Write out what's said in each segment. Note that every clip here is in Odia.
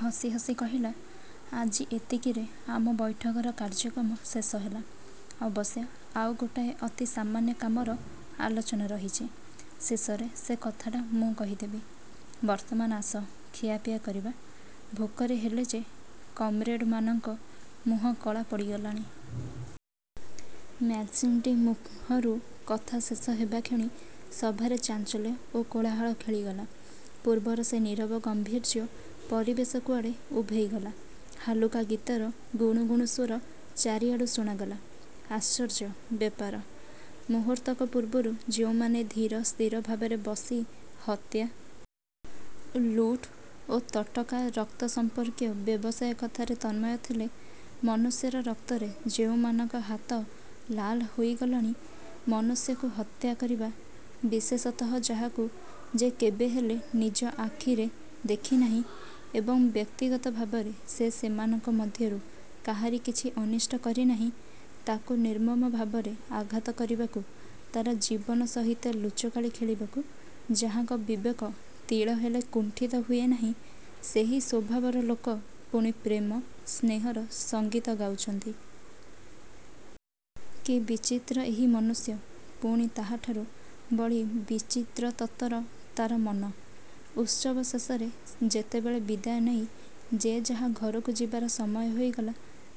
ହସିହସି କହିଲା, ''ଆଜି ଏତିକିରେ ଆମ ବୈଠକର କାର୍ଯ୍ୟକ୍ରମ ଶେଷ ହେଲା। ଅବଶ୍ୟ ଆଉ ଗୋଟାଏ ଅତି ସାମାନ୍ୟ କାମର ଆଲୋଚନା ରହିଛି। ଶେଷରେ ସେ କଥାଟା ମୁଁ କହିଦେବି। ବର୍ତ୍ତମାନ ଆସ, ଖିଆପିଆ କରିବା। ଭୋକରେ ହେଲେ ଯେ କମ୍ରେଡ଼ମାନଙ୍କ ମୁହଁ କଳା ପଡ଼ିଗଲାଣି। '' ମ୍ୟାକ୍ଜିଣ୍ଟି ମୁହଁରୁ କଥା ଶେଷ ହେବାକ୍ଷଣି ସଭାରେ ଚାଞ୍ଚଲ୍ୟ ଓ କୋଳାହଳ ଖେଳିଗଲା। ପୂର୍ବର ସେ ନୀରବ ଗାମ୍ଭୀର୍ଯ୍ୟ ପରିବେଶ କୁଆଡ଼େ ଉଭେଇଗଲା; ହାଲୁକା ଗୀତର ଗୁଣୁଗୁଣୁ ସ୍ୱର ଚାରିଆଡ଼ୁ ଶୁଣାଗଲା। ଆଶ୍ଚର୍ଯ୍ୟ ବ୍ୟାପାର! ମୁହୂର୍ତ୍ତକ ପୂର୍ବରୁ ଯେଉଁମାନେ ଧୀରସ୍ଥିର ଭାବରେ ବସି ହତ୍ୟା, ଲୁଟ ଓ ତଟକା ରକ୍ତ ସଂପର୍କୀୟ ବ୍ୟବସାୟ କଥାରେ ତନ୍ମୟ ଥିଲେ, ମନୁଷ୍ୟର ରକ୍ତରେ ଯେଉଁମାନଙ୍କ ହାତ ଲାଲ ହୋଇଗଲାଣି, ମନୁଷ୍ୟକୁ ହତ୍ୟା କରିବା–ବିଶେଷତଃ ଯାହାକୁ ଯେ କେବେହେଲେ ନିଜ ଆଖିରେ ଦେଖି ନାହିଁ ଏବଂ ବ୍ୟକ୍ତିଗତ ଭାବରେ ସେ ସେମାନଙ୍କ ମଧ୍ୟରୁ କାହାରି କିଛି ଅନିଷ୍ଟ କରି ନାହିଁ–ତାକୁ ନିର୍ମମ ଭାବରେ ଆଘାତ କରିବାକୁ, ତାର ଜୀବନ ସହିତ ଲୁଚକାଳି ଖେଳିବାକୁ ଯାହାଙ୍କ ବିବେକ ତିଳେହେଲେ କୁଣ୍ଠିତ ହୁଏ ନାହିଁ, ସେହି ସ୍ୱଭାବର ଲୋକ ପୁଣି ପ୍ରେମ, ସ୍ନେହର ସଙ୍ଗୀତ ଗାଉଛନ୍ତି! କି ବିଚିତ୍ର ଏହି ମନୁଷ୍ୟ, ପୁଣି ତାଠାରୁ ବଳି ବିଚିତ୍ରତର ତାର ମନ! ଉତ୍ସବ ଶେଷରେ ଯେତେବେଳେ ବିଦାୟ ନେଇ ଯେ ଯାହା ଘରକୁ ଯିବାର ସମୟ ହୋଇଗଲା,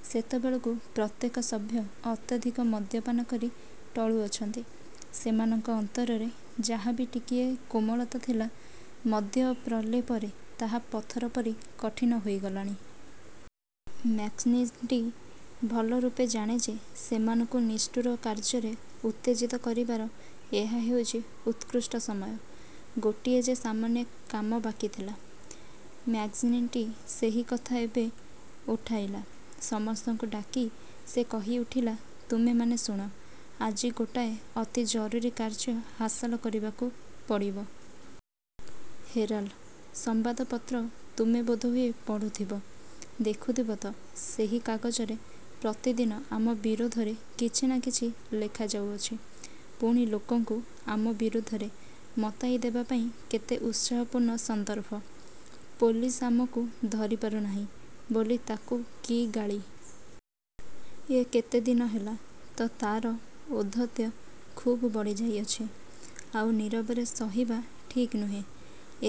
ସେତେବେଳକୁ ପ୍ରତ୍ୟେକ ସଭ୍ୟ ଅତ୍ୟଧିକ ମଦ୍ୟପାନ କରି ଟଳୁଅଛନ୍ତି। ସେମାନଙ୍କ ଅନ୍ତରରେ ଯାହା ବା ଟିକିଏ କୋମଳତା ଥିଲା, ମଦ୍ୟ ପ୍ରଲେପରେ ତାହା ପଥର ପରି କଠିନ ହୋଇ ଉଠିଲାଣି। ମ୍ୟାକ୍ଜିଣ୍ଟି ଭଲରୂପେ ଜାଣେ ଯେ ସେମାନଙ୍କୁ ନିଷ୍ଠୁର କାର୍ଯ୍ୟରେ ଉତ୍ତେଜିତ କରିବାର ଏହା ହେଉଛି ଉତ୍କୃଷ୍ଟ ସମୟ। ଗୋଟିଏ ଯେ ସାମାନ୍ୟ କାମ ବାକି ଥିଲା, ମ୍ୟାକ୍ଜିଣ୍ଟି ସେହି କଥା ଏବେ ଉଠାଇଲା। ସମସ୍ତଙ୍କୁ ଡାକି ସେ କହିଉଠିଲା, ''ତୁମେମାନେ ଶୁଣ, ଆଜି ଗୋଟାଏ ଅତି ଜରୁରୀ କାର୍ଯ୍ୟ ହାସଲ କରିବାକୁ ପଡ଼ିବ। 'ହେରାଲ୍' ସମ୍ବାଦପତ୍ର ତୁମେ ବୋଧହୁଏ ପଢ଼ୁଥିବ। ଦେଖୁଥିବ ତ, ସେହି କାଗଜରେ ପ୍ରତିଦିନ ଆମ ବିରୋଧରେ କିଛି ନା କିଛି ଲେଖାଯାଉଅଛି। ପୁଣି ଲୋକଙ୍କୁ ଆମ ବିରୁଦ୍ଧରେ ମତାଇ ଦେବା ପାଇଁ କେତେ ଉତ୍ସାହପୂର୍ଣ୍ଣ ସନ୍ଦର୍ଭ! ପୋଲିସ ଆମକୁ ଧରିପାରୁ ନାହିଁ ବୋଲି ତାକୁ କି ଗାଳି! ଏ କେତେ ଦିନ ହେଲା ତ ତାର ଔଦ୍ଧତ୍ୟ ଖୁବ୍ ବଢ଼ିଯାଇଅଛି। ଆଉ ନୀରବରେ ସହିବା ଠିକ୍ ନୁହେଁ।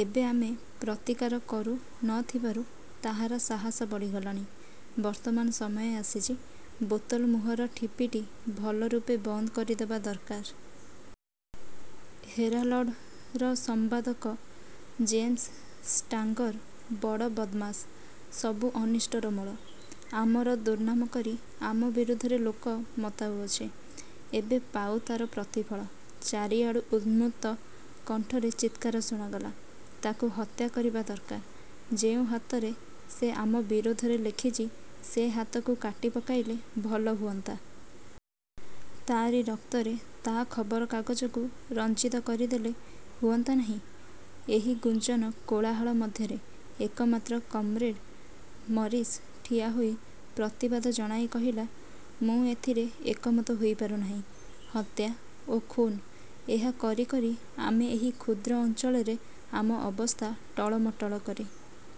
ଏବେ ଆମେ ପ୍ରତିକାର କରୁ ନ ଥିବାରୁ ତାହାର ସାହସ ବଢ଼ିଗଲାଣି। ବର୍ତ୍ତମାନ ସମୟ ଆସିଛି, ବୋତଲ ମୁହଁର ଠିପିଟି ଭଲରୂପେ ବନ୍ଦ କରିଦେବା ଦରକାର। 'ହେରାଲଡ଼'ର ସମ୍ପାଦକ ଜେମ୍ସ ଷ୍ଟାଙ୍ଗର ବଡ଼ ବଦ୍ମାସ, ସବୁ ଅନିଷ୍ଟର ମୂଳ। ଆମର ଦୁର୍ନାମକରି ଆମ ବିରୁଦ୍ଧରେ ଲୋକ ମତାଉଅଛି, ଏବେ ପାଉ ତାର ପ୍ରତିଫଳ। '' ଚାରିଆଡ଼ୁ ଉନ୍ମତ୍ତ କଣ୍ଠରେ ଚିତ୍କାର ଶୁଣାଗଲା, ''ତାକୁ ହତ୍ୟା କରିବା ଦରକାର। ଯେଉଁ ହାତରେ ସେ ଆମ ବିରୋଧରେ ଲେଖିଛି, ସେ ହାତକୁ କାଟିପକାଇଲେ ଭଲ ହୁଅନ୍ତା। ତାରି ରକ୍ତରେ ତା ଖବରକାଗଜକୁ ରଞ୍ଜିତ କରିଦେଲେ ହୁଅନ୍ତା ନାହିଁ? '' ଏହି ଗୁଞ୍ଜନ କୋଳାହଳ ମଧ୍ୟରେ ଏକମାତ୍ର କମ୍ରେଡ଼ ମରିସ୍ ଠିଆହୋଇ ପ୍ରତିବାଦ ଜଣାଇ କହିଲା, ''ମୁଁ ଏଥିରେ ଏକମତ ହୋଇପାରୁ ନାହିଁ। ହତ୍ୟା ଓ ଖୁଣ୍–ଏହା କରିକରି ଆମେ ଏହି କ୍ଷୁଦ୍ର ଅଞ୍ଚଳରେ ଆମ ଅବସ୍ଥା ଟଳମଟଳ କରି